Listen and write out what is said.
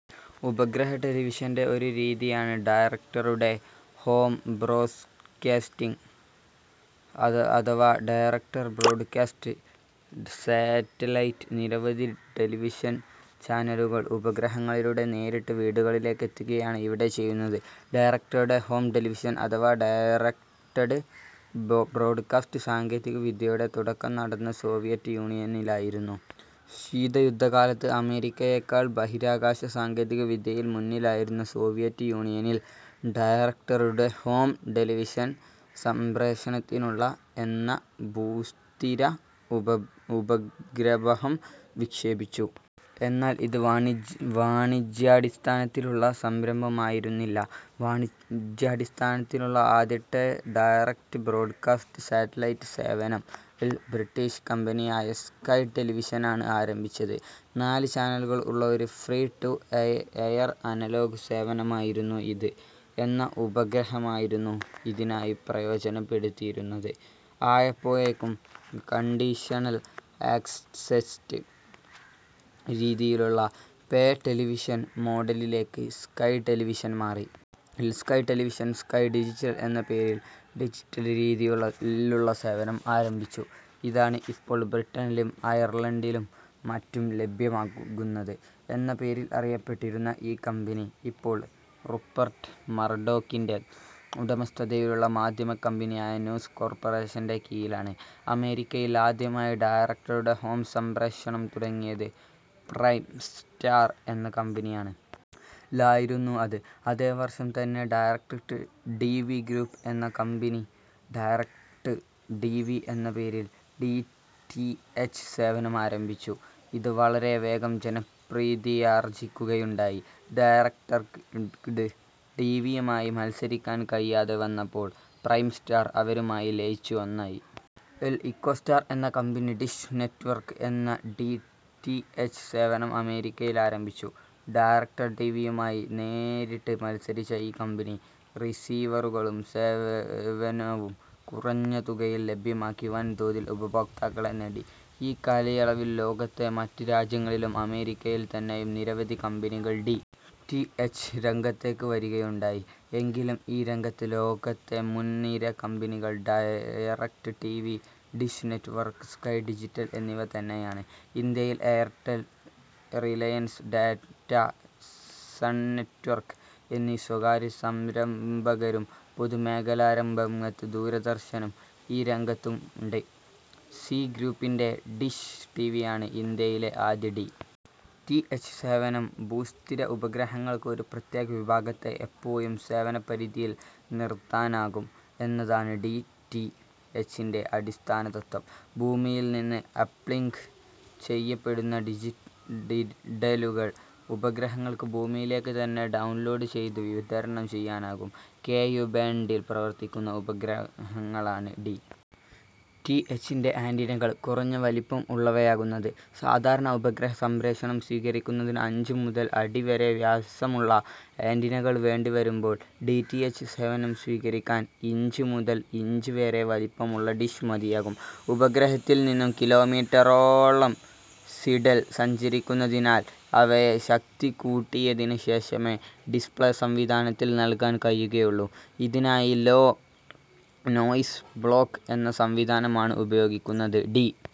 ഉപഗ്രഹ ടെലിവിഷന്റെ ഒരു രീതിയാണ് ഡയറക്ട്-ടു-ഹോം ബ്രോഡ്കാസ്റ്റിംഗ് അഥവ ഡയറക്ട് ബ്രോഡ്കാസ്റ്റ് സാറ്റലൈറ്റ്. നിരവധി ടെലിവിഷൻ ചാനലുകൾ ഉപഗ്രഹങ്ങളിലൂടെ നേരിട്ട് വീടുകളിലേക്കെത്തിക്കുകയാണ് ഇവിടെ ചെയ്യുന്നത്. ഡയറക്ട്-ടു-ഹോം ടെലിവിഷൻ അഥവാ ഡയറക്ട് ബ്രോഡ്കാസ്റ്റ് സാങ്കേതിക വിദ്യയുടെ തുടക്കം നടന്നത് സോവിയറ്റ് യൂണിയനിലായിരുന്നു. ശീതയുദ്ധകാലത്ത് അമേരിക്കയേക്കാൾ ബഹിരാകാശ സാങ്കേതിക വിദ്യയിൽ മുന്നിലായിരുന്ന സോവിയറ്റ് യൂണിയൻ -ൽ ഡയറക്ട്-ടു-ഹോം ടെലിവിഷൻ സംപ്രേഷണത്തിനുള്ള എന്ന ഭൂസ്ഥിര ഉപഗ്രബഹം വിക്ഷേപിച്ചു. എന്നാൽ ഇത് വാണിജിയ വാണിജ്യാടിസ്ഥാനത്തിലുള്ള സംരംഭം ആയിരുന്നില്ല. വാണിജ്യാടിസ്ഥാനത്തിലുള്ള ആദ്യത്തെ ഡയറക്ട് ബ്രോഡ്കാസ്റ്റ് സാറ്റലൈറ്റ് സേവനം -ൽ ബ്രിട്ടീഷ് കമ്പനിയായ സ്കൈ ടെലിവിഷനാണ് ആരംഭിച്ചത്. നാല് ചാനലുകൾ ഉള്ള ഒരു ഫ്രീ ടു-എയർ-അനലോഗ് സേവനമായിരുന്നു ഇത്. എന്ന ഉപഗ്രഹമായിരുന്നു ഇതിനായി പ്രയോജനപ്പെടുത്തിയിരുന്നത്. ആയപ്പോഴേക്കും കണ്ടീഷണൽ ആക്സ്സസ് രീതിയിലുള്ള പേ ടെലിവിഷൻ മോഡലിലേക്ക് സ്കൈ ടെലിവിഷൻ മാറി. -ൽ സ്കൈ ടെലിവിഷൻ, സ്കൈ ഡിജിറ്റൽ എന്ന പേരിൽ ഡിജിറ്റൽ രീതിയിലുള്ള സേവനം ആരംഭിച്ചു. ഇതാണ് ഇപ്പോൾ ബ്രിട്ടനിലും അയർലണ്ടിലും മറ്റും ലഭ്യമാകുന്നത്. എന്ന പേരിൽ അറിയപ്പെട്ടിരുന്ന ഈ കമ്പനി ഇപ്പോൾ റുപ്പർട്ട് മർഡോക്കിൻറെ ഉടമസ്ഥതയിലുള്ള മാധ്യമ കമ്പനിയായ ന്യൂസ് കോർപ്പറേഷൻറെ കീഴിലാണ്. അമേരിക്കയിൽ ആദ്യമായി ഡയറക്ട്-ടു-ഹോം സംപ്രേഷണം തുടങ്ങിയത് പ്രൈം സ്റ്റാർ എന്ന കമ്പനിയാണ്. -ലായിരുന്നു അത്. അതേ വർഷം തന്നെ ഡയറക്ട് ടിവി ഗ്രൂപ്പ് എന്ന കമ്പനി ഡയറക് ടിവി എന്ന പേരിൽ ഡി. റ്റി. എച്ച്. സേവനം ആരംഭിച്ചു. ഇത് വളരെ വേഗം ജനപ്രീതിയാർജ്ജിക്കുകയുണ്ടായി. ഡയറക്ട് ടിവിയുമായി മത്സരിക്കാൻ കഴിയാതെ വന്നപ്പോൾ പ്രൈം സ്റ്റാർ അവരുമായി ലയിച്ച് ഒന്നായി. -ൽ ഇക്കോസ്റ്റാർ എന്ന കമ്പനി ഡിഷ് നെറ്റ്വർക്ക് എന്ന ഡി. റ്റി. എച്ച്. സേവനം അമേരിക്കയിൽ ആരംഭിച്ചു. ഡയറക്ട് ടിവിയുമായി നേരിട്ട് മത്സരിച്ച ഈ കമ്പനി റീസിവറുകളും സേവനവും കുറഞ്ഞ തുകയിൽ ലഭ്യമാക്കി വൻതോതിൽ ഉപയോക്താക്കളെ നേടി. ഈ കാലയളവിൽ ലോകത്തെ മറ്റ് രാജ്യങ്ങളിലും അമേരിക്കയിൽ തന്നെയും നിരവധി കമ്പനികൾ ഡി. റ്റി. എച്ച്. രംഗത്തേക്ക് വരികയുണ്ടായി. എങ്കിലും ഈ രംഗത്ത് ലോകത്തെ മുൻനിര കമ്പനികൾ direct TV, dish network, sky digital എന്നിവ തന്നെയാണ്. ഇന്ത്യയിൽ എയർടെൽ, റിലയൻസ്, ടാറ്റ, സൺ നെറ്റ്വർക്ക് എന്നീ സ്വകാര്യ സംരംഭകരും പൊതുമേഖലാ രംഗത്ത് ദൂരദർശനും ഈ രംഗത്തുണ്ട്. സീ ഗ്രൂപ്പിൻറെ ഡിഷ് ടിവിയാണ് ഇന്ത്യയിലെ ആദ്യ ഡി. റ്റി. എച്ച്. സേവനം. ഭൂസ്ഥിര ഉപഗ്രഹങ്ങൾക്ക് ഒരു പ്രത്യേക വിഭാഗത്തെ എപ്പോഴും സേവനപരിധിയിൽ നിർത്താനാകും എന്നതാണ് ഡി. റ്റി. എച്ചിൻറെ അടിസ്ഥാനതത്വം.. ഭൂമിയിൽ നിന്ന് അപ്ലിങ്ക് ചെയ്യപ്പെടുന്ന സിഗ്നലുകൾ ഉപഗ്രഹങ്ങൾക്ക് ഭൂമിയിലേക്ക് തന്നെ ഡൌൺലോഡ് ചെയ്ത് വിതരണം ചെയ്യാനാകും. കെയു ബാൻഡിൽ പ്രവർത്തിക്കുന്ന ഉപഗ്രഹങ്ങളാണ് ഡി. റ്റി. എച്ചിൻറെ ആൻറിനകൾ കുറഞ്ഞ വലിപ്പം ഉള്ളവയാകുന്നത്. സാധാരണ ഉപഗ്രഹ സംപ്രേഷണം സ്വീകരിക്കുന്നതിന് അഞ്ച് മുതൽ അടി വരെ വ്യാസമുളള ആൻറിനകൾ വേണ്ടി വരുമ്പോൾ ഡി. റ്റി. എച്ച്. സേവനം സ്വീകരിക്കാൻ ഇഞ്ച് മുതൽ ഇഞ്ച് വരെ വലിപ്പമുള്ള ഡിഷ് മതിയാകും. ഉപഗ്രഹത്തിൽ നിന്നും കിലോമീറ്ററോളം സിഗ്നൽ സഞ്ചരിക്കുന്നതിനാൽ അവയെ ശക്തി കൂട്ടിയതിന് ശേഷമേ ഡിസ്പ്ലേ സംവിധാനത്തിന് നൽകാൻ കഴിയുകയുള്ളു. ഇതിനായി ലോ നോയിസ് ബ്ലോക്ക് എന്ന സംവിധാനമാണ് ഉപയോഗിക്കുന്നത്. ഡി.